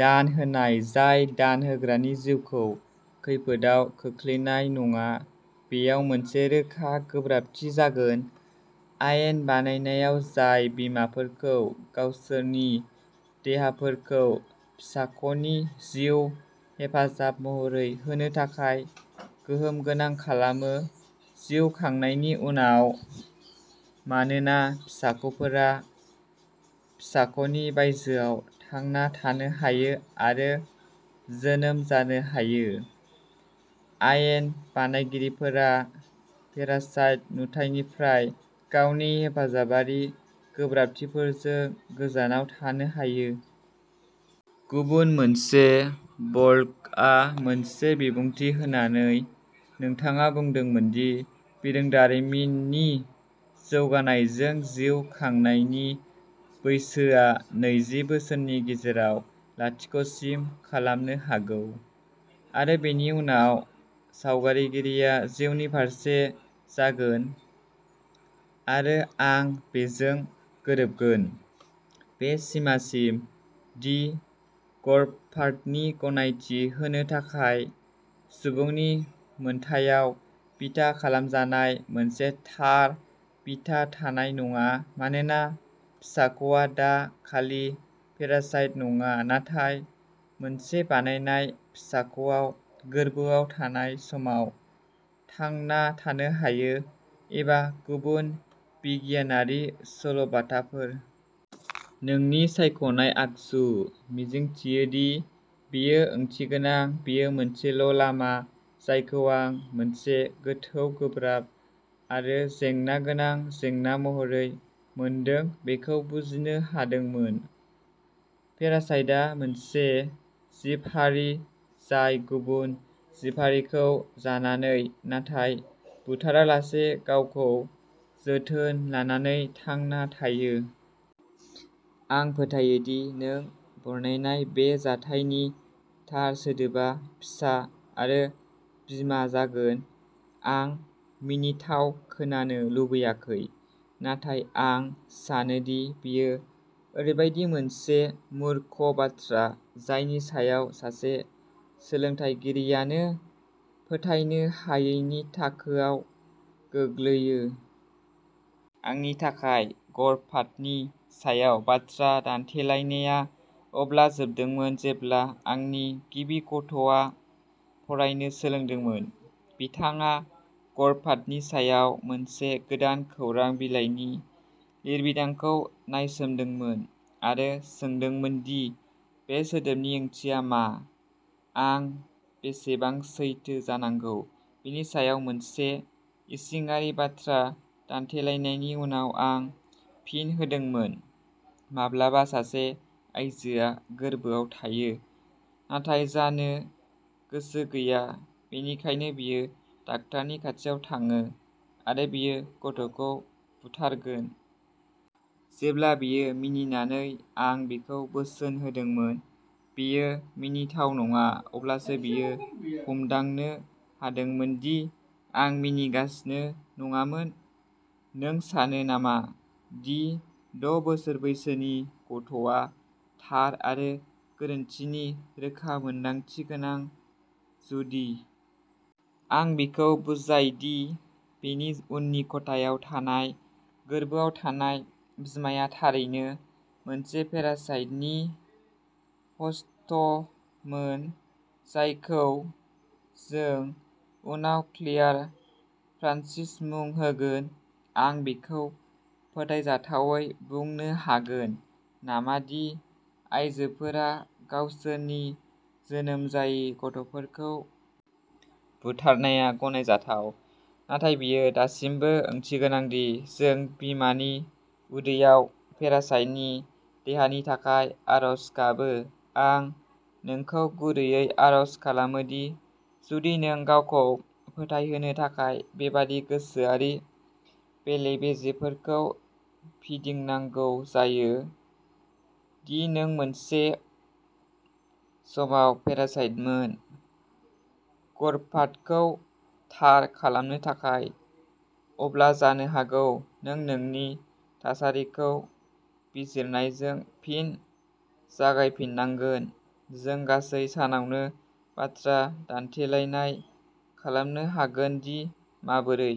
दान होनाय जाय दान होग्रानि जिउखौ खैफोदाव खोख्लैनाय नङा, बेयाव मोनसे रोखा गोब्राबथि जागोन आयेन बानायनायाव जाय बिमाफोरखौ गावसोरनि देहाफोरखौ फिसाख'नि जिउ हेफाजाब महरै होनो थाखाय गोहोम गोनां खालामो। जिउ खांनायनि उनाव, मानोना फिसाख'फोरा फिसाख'नि बायजोआव थांना थानो हायो आरो जोनोम जानो हायो आयेन बानायगिरिफोरा पेरासाइट नुथाइनिफ्राय गावनि हेफाजाबारि गोब्राबथिफोरजों गोजानाव थानो हायो। गुबुन मोनसे ब्लगआव मोनसे बिबुंथि होनानै, नोंथाङा बुंदोंमोन दि बिरोंदामिननि जौगानायजों, जिउ खांनायनि बैसोआ नैजि बोसोरनि गेजेराव लाथिख'सिम खमायनो हागौ आरो बेनि उनाव सावरायगिरिया जिउनि फारसे जागोन, आरो आं बेजों गोरोबगोन बे सिमासिम दि गर्भपातनि गनायथि होनो थाखाय सुबुंनि मोनथायाव बिथा खालामजानाय मोनसे थार बिथा थानाय नङा मानोना फिसाख'आ दा खालि पेरासाइट नङा नाथाय मोनसे बानायनाय फिसाख'आव गोर्बोआव थानाय समाव थांना थानो हायो, एबा गुबुन बिगियानारि सल'बाथाफोर। नोंनि सायख'नाय आगजु। मिजिंथियो दि बेयो ओंथिगोनां बेयो मोनसेल' लामा जायखौ आं मोनसे गोथौ गोब्राब आरो जेंना गोनां जेंना महरै मोनदों बेखौ बुजिनो हादोंमोन। पेरासाइटआ मोनसे जिब-हारि जाय गुबुन जिब-हारिखौ जानानै, नाथाय बुथारालासे गावखौ जोथोन लानानै थांना थायो। आं फोथायो दि नों बरनायनाय बे जाथायनि थार सोदोबा फिसा आरो बिमा जागोन। आं मिनिथाव खोनानो लुबैयाखै, नाथाय आं सानोदि बेयो ओरैबायदि मोनसे मूर्ख बाथ्रा जायनि सायाव सासे सोलोंथायगिरियानो फोथायनो हायैनि थाखोआव गोग्लैयो। आंनि थाखाय, गर्भपातनि सायाव बाथ्रा दान्थेलायनाया अब्ला जोबदोंमोन जेब्ला आंनि गिबि गथ'आ फरायनो सोलोंदोंमोन। बिथाङा गर्भपातनि सायाव मोनसे गोदान खौरां बिलाइनि लिरबिदांखौ नायसोमदोंमोन आरो सोंदोंमोन दि बे सोदोबनि ओंथिया मा। आं बेसेबां सैथो जानांगौ बेनि सायाव मोनसे इसिङारि बाथ्रा दान्थेलायनायनि उनाव आं फिन होदोंमोन माब्लाबा सासे आयजोआ गोरबोआव थायो, नाथाय जानो गोसो गैया, बेनिखायनो बियो डाक्टारनि खाथियाव थाङो आरो बियो गथ'खौ बुथारगोन। जेब्ला बियो मिनिनानै आं बिखौ बोसोन होदोंमोन, बेयो मिनिथाव नङा अब्लासो बियो हमदांनो हादोंमोन दि आं मिनिगासिनो नङामोन। नों सानो नामा दि द' बोसोर बैसोनि गथ'आ थार आरो गोरोन्थिनि रोखा मोनदांथि गोनां, जुदि आं बिखौ बुजायदि बिनि उननि खथायाव थानाय गोरबोआव थानाय बिमाया थारैनो मोनसे पेरासाइटनि ह'स्टमोन, जायखौ जों उनाव क्लेयार फ्रान्सिस मुं होगोन आं बिखौ फोथायजाथावै बुंनो हागोन नामा दि आयजोफोरा गावसोरनि जोनोम जायि गथ'फोरखौ बुथारनाया गनायजाथाव, नाथाय बेयो दासिमबो ओंथिगोनां दि जों बिमानि उदैयाव पेरासाइटनि देहानि थाखाय आरज गाबो आं नोंखौ गुरैयै आर'ज खालामो दि जुदि नों गावखौ फोथायहोनो थाखाय बेबादि गोसोआरि बेले-बेजेफोरखौ फिदिंनांगौ जायो दि नों मोनसे समाव पेरासाइटमोन, गर्भपातखौ थार खालामनो थाखाय, अब्ला जानो हागौ नों नोंनि थासारिखौ बिजिरनायजों फिन जागायफिननांगोन। जों गासै सानावनो बाथ्रा दान्थेलायनाय खालामनो हागोन दि माबोरै।